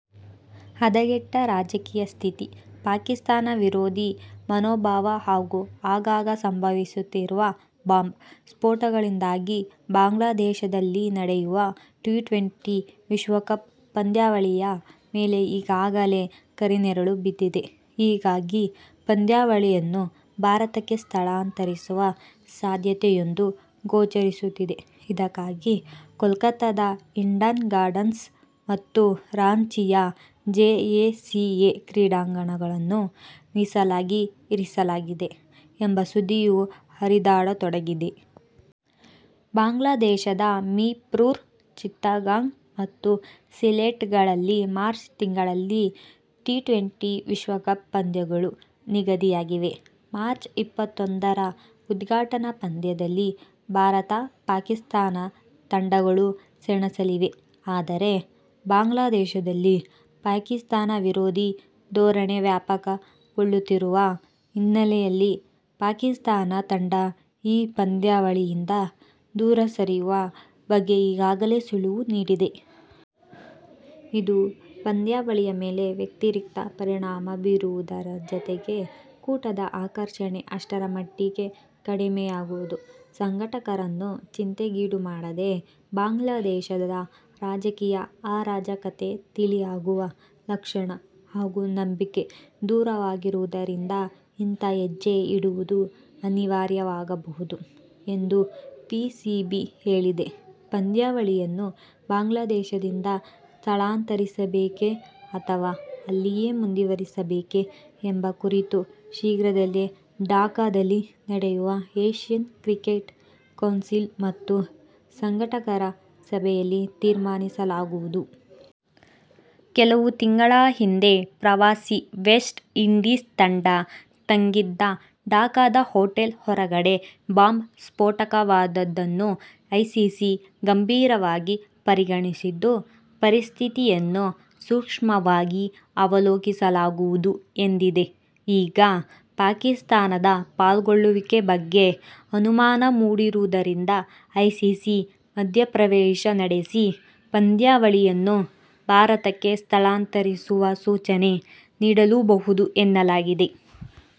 ಹದಗೆಟ್ಟ ರಾಜಕೀಯ ಸ್ಥಿತಿ, ಪಾಕಿಸ್ಥಾನ ವಿರೋಧಿ ಮನೋಭಾವ ಹಾಗೂ ಆಗಾಗ ಸಂಭವಿಸುತ್ತಿರುವ ಬಾಂಬ್ ಸ್ಫೋಟಗಳಿಂದಾಗಿ ಬಾಂಗ್ಲಾದೇಶದಲ್ಲಿ ನಡೆಯುವ ಟಿ-ಟ್ವೆಂಟಿ ವಿಶ್ವಕಪ್ ಪಂದ್ಯಾವಳಿಯ ಮೇಲೆ ಈಗಾಗಲೇ ಕರಿನೆರಳು ಬಿದ್ದಿದೆ. ಹೀಗಾಗಿ, ಪಂದ್ಯಾವಳಿಯನ್ನು ಭಾರತಕ್ಕೆ ಸ್ಥಳಾಂತರಿಸುವ ಸಾಧ್ಯತೆಯೊಂದು ಗೋಚರಿಸುತ್ತಿದೆ. ಇದಕ್ಕಾಗಿ ಕೋಲ್ಕತಾದ ಈಡನ್ ಗಾರ್ಡನ್ಸ್ ಮತ್ತು ರಾಂಚಿಯ ಜೆಎಸ್ಸಿಎ ಕ್ರೀಡಾಂಗಣಗಳನ್ನು ಮೀಸಲಾಗಿ ಇರಿಸಲಾಗಿದೆ ಎಂಬ ಸುದ್ದಿಯೂ ಹರಿದಾಡತೊಡಗಿದೆ. ಬಾಂಗ್ಲಾದೇಶದ ಮೀರ್ಪುರ್, ಚಿತ್ತಗಾಂಗ್ ಮತ್ತು ಸಿಲೆಟ್‌ಗಳಲ್ಲಿ ಮಾರ್ಚ್ ತಿಂಗಳಲ್ಲಿ ಟಿ-ಟ್ವೆಂಟಿ ವಿಶ್ವಕಪ್ ಪಂದ್ಯಗಳು ನಿಗದಿಯಾಗಿವೆ. ಮಾರ್ಚ್ ಇಪ್ಪತ್ತೊಂದರ ಉದ್ಘಾಟನಾ ಪಂದ್ಯದಲ್ಲಿ ಭಾರತ-ಪಾಕಿಸ್ಥಾನ ತಂಡಗಳು ಸೆಣಸಲಿವೆ. ಆದರೆ, ಬಾಂಗ್ಲಾದೇಶದಲ್ಲಿ ಪಾಕಿಸ್ಥಾನ ವಿರೋಧಿ ಧೋರಣೆ ವ್ಯಾಪಕಗೊಳ್ಳುತ್ತಿರುವ ಹಿನ್ನೆಲೆಯಲ್ಲಿ ಪಾಕಿಸ್ಥಾನ ತಂಡ ಈ ಪಂದ್ಯಾವಳಿಯಿಂದ ದೂರ ಸರಿಯುವ ಬಗ್ಗೆ ಈಗಾಗಲೇ ಸುಳಿವು ನೀಡಿದೆ. ಇದು ಪಂದ್ಯಾವಳಿಯ ಮೇಲೆ ವ್ಯತಿರಿಕ್ತ ಪರಿಣಾಮ ಬೀರುವುದರ ಜತೆಗೆ ಕೂಟದ ಆಕರ್ಷಣೆ ಅಷ್ಟರ ಮಟ್ಟಿಗೆ ಕಡಿಮೆಯಾಗುವುದು ಸಂಘಟಕರನ್ನು ಚಿಂತೆಗೀಡುಮಾಡಿದೆ. ಬಾಂಗ್ಲಾದೇಶದ ರಾಜಕೀಯ ಅರಾಜಕತೆ ತಿಳಿಯಾಗುವ ಲಕ್ಷಣ ಹಾಗೂ ನಂಬಿಕೆ ದೂರವಾಗಿರುವುದರಿಂದ ಇಂಥ ಹೆಜ್ಜೆ ಇಡುವುದು ಅನಿವಾರ್ಯವಾಗಬಹುದು ಎಂದು ಪಿಸಿಬಿ ಹೇಳಿದೆ. ಪಂದ್ಯಾವಳಿಯನ್ನು ಬಾಂಗ್ಲಾದೇಶದಿಂದ ಸ್ಥಳಾಂತರಿಸಬೇಕೇ ಅಥವಾ ಅಲ್ಲಿಯೇ ಮುಂದುವರಿಸಬೇಕೇ ಎಂಬ ಕುರಿತು ಶೀಘ್ರದಲ್ಲೇ ಢಾಕಾದಲ್ಲಿ ನಡೆಯುವ ಏಶ್ಯನ್ ಕ್ರಿಕೆಟ್ ಕೌನ್ಸಿಲ್ ಮತ್ತು ಸಂಘಟಕರ ಸಭೆಯಲ್ಲಿ ತೀರ್ಮಾನಿಸಲಾಗುವುದು. ಕೆಲವು ತಿಂಗಳ ಹಿಂದೆ ಪ್ರವಾಸಿ ವೆಸ್ಟ್ ಇಂಡೀಸ್ ತಂಡ ತಂಗಿದ್ದ ಢಾಕಾದ ಹೊಟೇಲ್ ಹೊರಗಡೆ ಬಾಂಬ್ ಸ್ಫೋಟವಾದುದನ್ನು ಐಸಿಸಿ ಗಂಭೀರವಾಗಿ ಪರಿಗಣಿಸಿದ್ದು, ಪರಿಸ್ಥಿತಿಯನ್ನು ಸೂಕ್ಷ್ಮವಾಗಿ ಅವಲೋಕಿಸಲಾಗುವುದು ಎಂದಿದೆ. ಈಗ ಪಾಕಿಸ್ಥಾನದ ಪಾಲ್ಗೊಳ್ಳುವಿಕೆ ಬಗ್ಗೆ ಅನುಮಾನ ಮೂಡಿರುವುದರಿಂದ ಐಸಿಸಿ ಮಧ್ಯಪ್ರವೇಶ ನಡೆಸಿ ಪಂದ್ಯಾವಳಿಯನ್ನು ಭಾರತಕ್ಕೆ ಸ್ಥಳಾಂತರಿಸುವ ಸೂಚನೆ ನೀಡಲೂಬಹುದು ಎನ್ನಲಾಗಿದೆ.